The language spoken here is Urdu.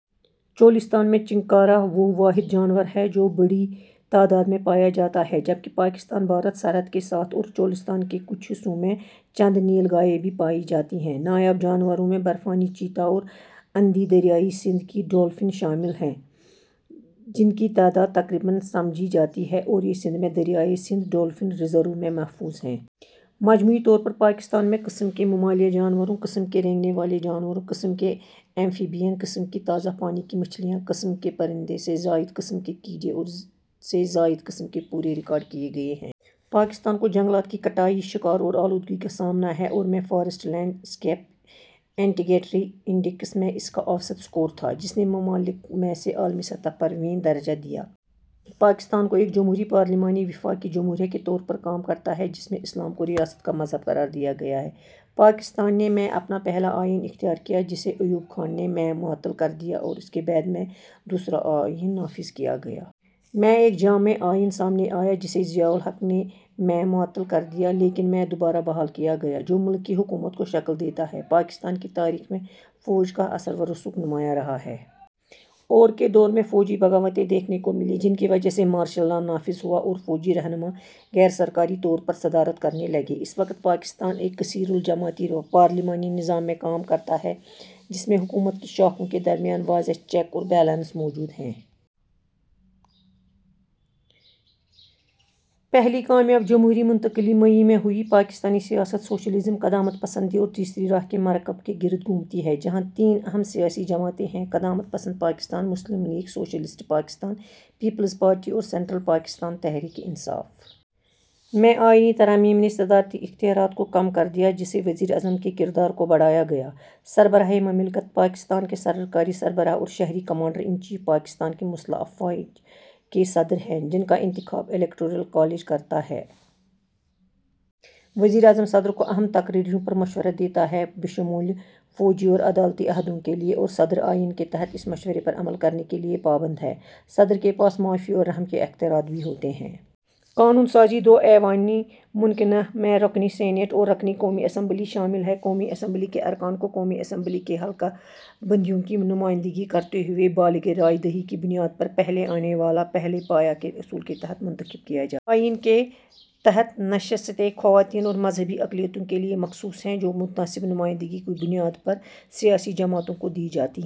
چولستان میں چنکارا وہ واحد جانور ہے جو بڑی تعداد میں پایا جاتا ہے، جبکہ پاکستان-بھارت سرحد کے ساتھ اور چولستان کے کچھ حصوں میں چند نیل گائے بھی پائی جاتی ہیں۔ نایاب جانوروں میں برفانی چیتا اور اندھی دریائے سندھ کی ڈولفن شامل ہیں، جن کی تعداد تقریباً سمجھی جاتی ہے اور یہ سندھ میں دریائے سندھ ڈولفن ریزرو میں محفوظ ہیں۔ مجموعی طور پر پاکستان میں قسم کے ممالیہ جانور، قسم کے رینگنے والے جانور، قسم کے ایمفیبین، قسم کی تازہ پانی کی مچھلیاں، قسم کے پرندے، سے زائد قسم کے کیڑے اور سے زائد قسم کے پودے ریکارڈ کیے گئے ہیں۔ پاکستان کو جنگلات کی کٹائی، شکار اور آلودگی کا سامنا ہے اور میں forest landscape integrity index میں اس کا اوسط اسکور تھا، جس نے ممالک میں سے عالمی سطح پر ویں درجہ دیا۔ پاکستان ایک جمہوری پارلیمانی وفاقی جمہوریہ کے طور پر کام کرتا ہے، جس میں اسلام کو ریاست کا مذہب قرار دیا گیا ہے۔ پاکستان نے میں اپنا پہلا آئین اختیار کیا، جسے ایوب خان نے میں معطل کر دیا اور اس کے بعد میں دوسرا آئین نافذ کیا گیا۔ میں ایک جامع آئین سامنے آیا، جسے ضیاء الحق نے میں معطل کر دیا لیکن میں دوبارہ بحال کیا گیا، جو ملک کی حکومت کو شکل دیتا ہے۔ پاکستان کی تاریخ میں فوج کا اثر و رسوخ نمایاں رہا ہے۔ ، اور – کے دور میں فوجی بغاوتیں دیکھنے کو ملیں، جن کی وجہ سے مارشل لا نافذ ہوا اور فوجی رہنما غیر سرکاری طور پر صدارت کرنے لگے۔ اس وقت، پاکستان ایک کثیر الجماعتی پارلیمانی نظام میں کام کرتا ہے، جس میں حکومت کی شاخوں کے درمیان واضح چیک اور بیلنس موجود ہیں۔ پہلی کامیاب جمہوری منتقلی مئی میں ہوئی۔ پاکستانی سیاست سوشلزم، قدامت پسندی اور تیسری راہ کے مرکب کے گرد گھومتی ہے، جہاں تین اہم سیاسی جماعتیں ہیں: قدامت پسند Pakistan Muslim League, socialist Pakistan Peoples Party اور سنٹرل پاکستان تحریک انصاف۔ میں آئینی ترامیم نے صدارتی اختیارات کو کم کر دیا، جس سے وزیر اعظم کے کردار کو بڑھایا گیا۔ سربراہ مملکت: پاکستان کے سرکاری سربراہ اور شہری کمانڈر انچیف پاکستان کی مسلح افواہج کے صدر ہیں، جن کا انتخاب الیکٹورل کالج کرتا ہے۔ وزیر اعظم صدر کو اہم تقرریوں پر مشورہ دیتا ہے، بشمول فوجی اور عدالتی عہدوں کے لیے اور صدر آئین کے تحت اس مشورے پر عمل کرنے کے لیے پابند ہے۔ صدر کے پاس معافی اور رحم کے اختیارات بھی ہوتے ہیں۔ قانون سازی: دو ایوانی مقننہ میں رکنی سینیٹ اور رکنی قومی اسمبلی شامل ہیں۔ قومی اسمبلی کے ارکان کو قومی اسمبلی کی حلقہ بندیوں کی نمائندگی کرتے ہوئے بالغ رائے دہی کی بنیاد پر "پہلا آنے والا، پہلے پایا" کے اصول کے تحت منتخب کیا جاتا ہے۔ آئین کے تحت نشستیں خواتین اور مذہبی اقلیتوں کے لیے مخصوص ہیں، جو متناسب نمائندگی کی بنیاد پر سیاسی جماعتوں کو دی جاتی ہیں۔